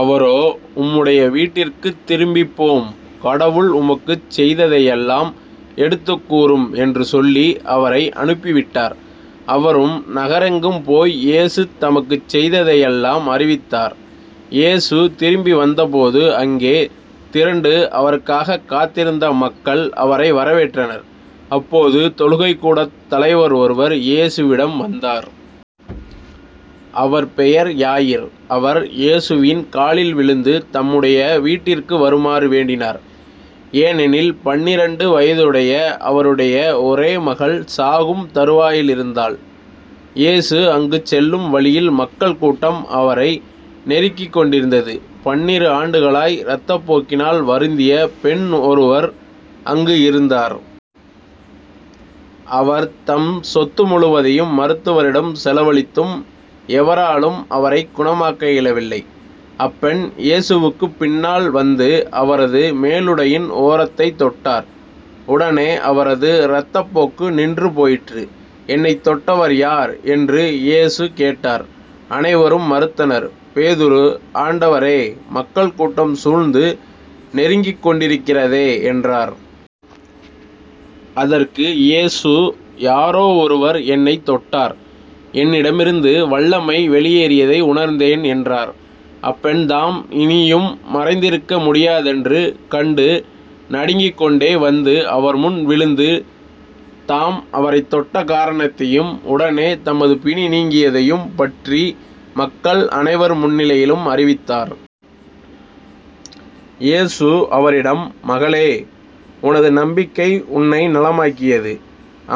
அவரோ உம்முடைய வீட்டிற்குத் திரும்பிப்போம். கடவுள் உமக்குச் செய்ததையெல்லாம் எடுத்துக்கூறும் என்று சொல்லி அவரை அனுப்பிவிட்டார். அவரும் நகரெங்கும் போய் இயேசு தமக்குச் செய்ததையெல்லாம் அறிவித்தார். இயேசு திரும்பி வந்தபோது அங்கே திரண்டு அவருக்காகக் காத்திருந்த மக்கள் அவரை வரவேற்றனர். அப்போது தொழுகைக்கூடத் தலைவர் ஒருவர் இயேசுவிடம் வந்தார். அவர் பெயர் யாயிர். அவர் இயேசுவின் காலில் விழுந்து தம்முடைய வீட்டிற்கு வருமாறு வேண்டினார். ஏனெனில் பன்னிரண்டு வயதுடைய அவருடைய ஒரே மகள் சாகும் தறுவாயிலிருந்தாள். இயேசு அங்குச் செல்லும் வழியில் மக்கள் கூட்டம் அவரை நெருக்கிக் கொண்டிருந்தது. பன்னிரு ஆண்டுகளாய் இரத்தப்போக்கினால் வருந்திய பெண் ஒருவர் அங்கு இருந்தார். அவர் தம் சொத்து முழுவதையும் மருத்துவரிடம் செலவழித்தும் எவராலும் அவரைக் குணமாக்க இயலவில்லை. அப்பெண் இயேசுவுக்குப் பின்னால் வந்து அவரது மேலுடையின் ஓரத்தைத் தொட்டார். உடனே அவரது இரத்தப்போக்கு நின்று போயிற்று. என்னைத் தொட்டவர் யார்? என்று இயேசு கேட்டார். அனைவரும் மறுத்தனர். பேதுரு ஆண்டவரே மக்கள் கூட்டம் சூழ்ந்து நெருக்கிக்கொண்டிருக்கிறதே என்றார். அதற்கு இயேசு யாரோ ஒருவர் என்னைத் தொட்டார் என்னிடமிருந்து வல்லமை வெளியேறியதை உணர்ந்தேன் என்றார். அப்பெண்தாம் இனியும் மறைந்திருக்க முடியாதென்று கண்டு நடுங்கிக்கொண்டே வந்து அவர்முன் விழுந்து தாம் அவரைத் தொட்ட காரணத்தையும் உடனே தமது பிணி நீங்கியதையும் பற்றி மக்கள் அனைவர் முன்னிலையிலும் அறிவித்தார். இயேசு அவரிடம் மகளே உனது நம்பிக்கை உன்னை நலமாக்கியது.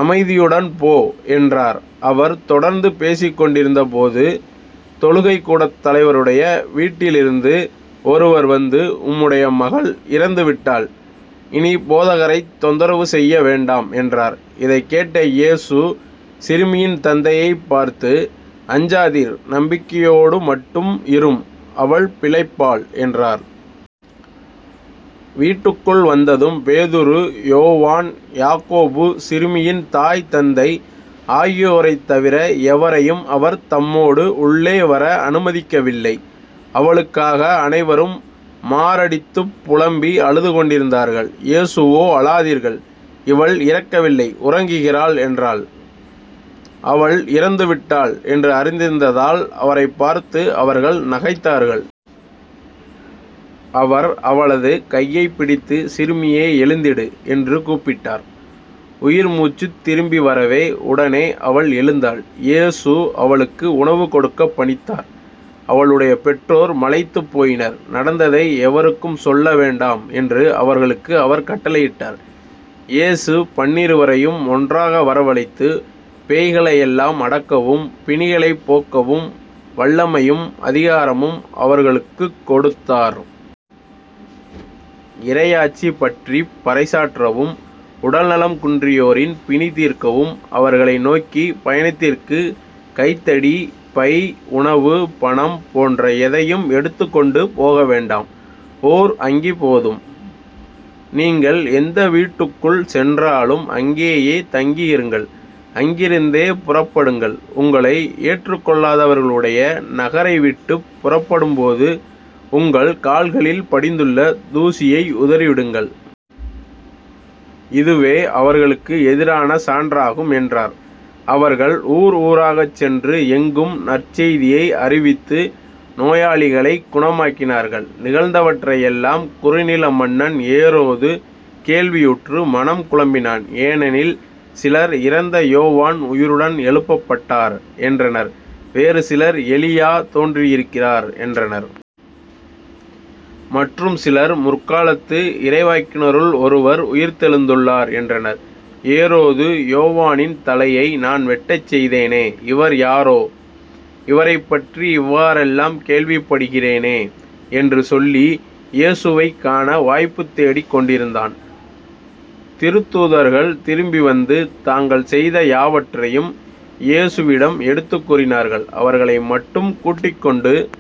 அமைதியுடன் போ என்றார். அவர் தொடர்ந்து பேசிக் கொண்டிருந்தபோது தொழுகைக் கூடத் தலைவருடைய வீட்டிலிருந்து ஒருவர் வந்து உம்முடைய மகள் இறந்துவிட்டாள். இனி போதகரைத் தொந்தரவு செய்ய வேண்டாம் என்றார். இதைக் கேட்ட இயேசு சிறுமியின் தந்தையைப் பார்த்து அஞ்சாதீர் நம்பிக்கையோடு மட்டும் இரும் அவள் பிழைப்பாள் என்றார். வீட்டுக்குள் வந்ததும் பேதுரு யோவான் யாக்கோபு சிறுமியின் தாய் தந்தை ஆகியோரைத் தவிர எவரையும் அவர் தம்மோடு உள்ளே வர அனுமதிக்கவில்லை. அவளுக்காக அனைவரும் மாரடித்துப் புலம்பி அழுதுகொண்டிருந்தார்கள். இயேசுவோ அழாதீர்கள் இவள் இறக்கவில்லை உறங்குகிறாள் என்றாள். அவள் இறந்துவிட்டாள் என்று அறிந்திருந்ததால் அவரைப் பார்த்து அவர்கள் நகைத்தார்கள். அவர் அவளது கையைப் பிடித்து சிறுமியே எழுந்திடு. என்று கூப்பிட்டார். உயிர் முச்சுத் திரும்பி வரவே உடனே அவள் எழுந்தாள் இயேசு அவளுக்கு உணவு கொடுக்கப் பணித்தார். அவளுடைய பெற்றோர் மலைத்துப் போயினர். நடந்ததை எவருக்கும் சொல்லவேண்டாம் என்று அவர்களுக்கு அவர் கட்டளையிட்டார். இயேசு பன்னிருவரையும் ஒன்றாக வரவழைத்து பேய்களையெல்லாம் அடக்கவும் பிணிகளைப் போக்கவும் வல்லமையும் அதிகாரமும் அவர்களுக்குக் கொடுத்தார். இறையாட்சிபற்றிப் பறைசாற்றவும் உடல் நலம் குன்றியோரின் பிணிதீர்க்கவும் அவர்களை நோக்கி பயணத்திற்குக் கைத்தடி பை உணவு பணம் போன்ற எதையும் எடுத்துக்கொண்டு போக வேண்டாம். ஓர் அங்கி போதும். நீங்கள் எந்த வீட்டுக்குள் சென்றாலும் அங்கேயே தங்கியிருங்கள். அங்கிருந்தே புறப்படுங்கள். உங்களை ஏற்றுக் கொள்ளாதவர்களுடைய நகரைவிட்டுப் புறப்படும்போது உங்கள் கால்களில் படிந்துள்ள தூசியை உதறிவிடுங்கள். இதுவே அவர்களுக்கு எதிரான சான்றாகும் என்றார். அவர்கள் ஊர் ஊராகச் சென்று எங்கும் நற்செய்தியை அறிவித்து நோயாளிகளைக் குணமாக்கினார்கள். நிகழ்ந்தவற்றையெல்லாம் குறுநில மன்னன் ஏரோது கேள்வியுற்று மனம் குழம்பினான். ஏனெனில் சிலர் இறந்த யோவான் உயிருடன் எழுப்பப்பட்டார் என்றனர். வேறு சிலர் எலியா தோன்றியிருக்கிறார் என்றனர். மற்றும் சிலர் முற்காலத்து இறைவாக்கினருள் ஒருவர் உயிர்த்தெழுந்துள்ளார் என்றனர். ஏரோது யோவானின் தலையை நான் வெட்டச் செய்தேனே. இவர் யாரோ? இவரைப் பற்றி இவ்வாறெல்லாம் கேள்விப்படுகிறேனே. என்று சொல்லி இயேசுவைக் காண வாய்ப்புத் தேடிக் கொண்டிருந்தான். திருத்தூதர்கள் திரும்பி வந்து. தாங்கள் செய்த யாவற்றையும் இயேசுவிடம் எடுத்துக் கூறினார்கள். அவர்களை மட்டும் கூட்டிக்கொண்டு